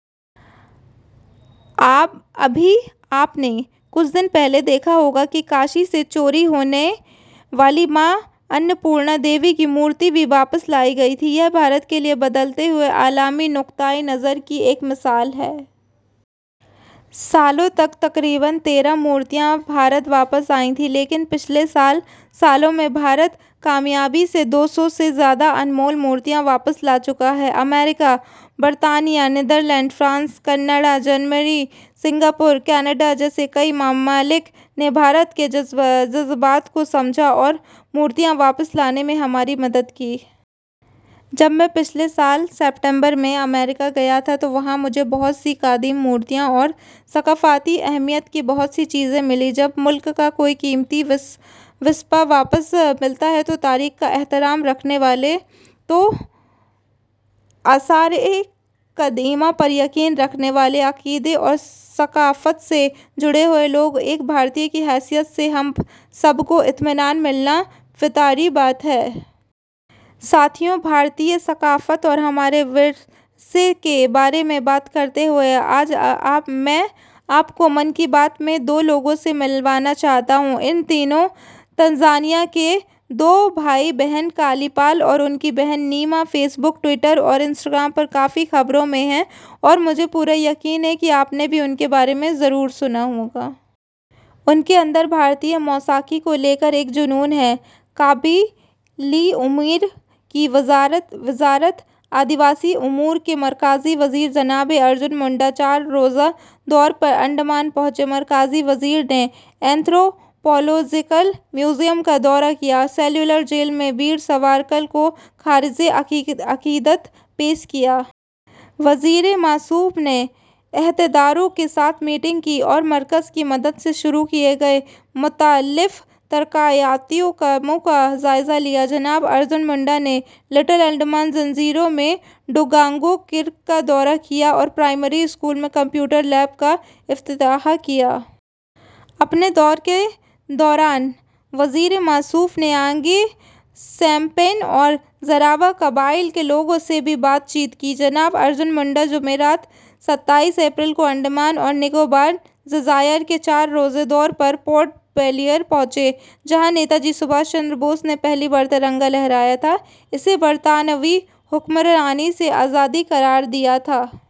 ابھی آپ نے کچھ دن پہلے دیکھا ہوگا کہ کاشی سے چوری ہونے والی ماں اناپورنا دیوی کی مورتی بھی واپس لائی گئی تھی۔ یہ بھارت کے لیے بدلتے ہوئے عالمی نقطۂ نظر کی ایک مثال ہے۔ سالوں تک تقریباً تیرہ مورتیاں بھارت واپس آئی تھیں، لیکن پچھلے سات سالوں میں بھارت کامیابی سے دو سو سے زیادہ انمول مورتیاں واپس لا چکا ہے۔ امریکہ، برطانیہ، نیدرلینڈز، فرانس، کینیڈا، جرمنی اور سنگاپور جیسے کئی ممالک نے بھارت کے جذبات کو سمجھا ہے اور مورتیاں واپس لانے میں ہماری مدد کی ہے۔ جب میں پچھلے سال ستمبر میں امریکہ گیا تھا تو وہاں مجھے بہت سی قدیم مورتیاں اور ثقافتی اہمیت کی بہت سی چیزیں ملیں۔ جب ملک کا کوئی قیمتی ورثہ واپس ملتا ہے تو تاریخ کا احترام رکھنے والے، آثارِ قدیمہ پر یقین رکھنے والے، عقیدے اور ثقافت سے جڑے ہوئے لوگوں اور ایک بھارتی کی حیثیت سے ہم سب کو اطمینان ملنا بہت فطری بات ہے۔ ساتھیو، بھارتی ثقافت اور ہمارے ورثے کے بارے میں بات کرتے ہوئے، آج میں آپ کو ''من کی بات'' میں دو لوگوں سے ملوانا چاہتا ہوں۔ ان دنوں تنزانیہ کے دو بہن بھائی، کلی پال اور ان کی بہن نیما، فیس بک، ٹوئٹر اور انسٹاگرام پر کافی خبروں میں ہیں اور مجھے پورا یقین ہے کہ آپ نے بھی ان کے بارے میں ضرور سنا ہوگا۔ ان کے اندر بھارتی موسیقی کو لے کر ایک جنون ہے۔ قبائلی امور کی وزارت آدیواسی امور کے مرکزی وزیر جناب ارجن منڈا چار روزہ دورے پر انڈمان پہنچے۔ مرکزی وزیر نے اینتھروپولوجیکل میوزیم کا دورہ کیا اور سیلولر جیل میں ویر ساورکر کو خراجِ عقیدت پیش کیا۔ وزیر موصوف نے عہدیداروں کے ساتھ میٹنگ کی اور مرکز کی مدد سے شروع کیے گئے مختلف ترقیاتی کاموں کا جائزہ لیا۔ جناب ارجن منڈا نے لٹل انڈمان جزیرے میں ڈوگونگ کریک کا دورہ کیا اور پرائمری اسکول میں کمپیوٹر لیب کا افتتاح کیا۔ اپنے دورے کے دوران وزیر موصوف نے انگے، شومپین اور جاراوا قبائل کے لوگوں سے بھی بات چیت کی۔ جناب ارجن منڈا جمعرات، ستائیس اپریل کو انڈمان اور نکوبار جزائر کے چار روزہ دورے پر پورٹ بلیئر پہنچے، جہاں نیتاجی سبھاش چندر بوس نے پہلی بار ترنگا لہرایا تھا اور اسے برطانوی حکمرانی سے آزاد قرار دیا تھا۔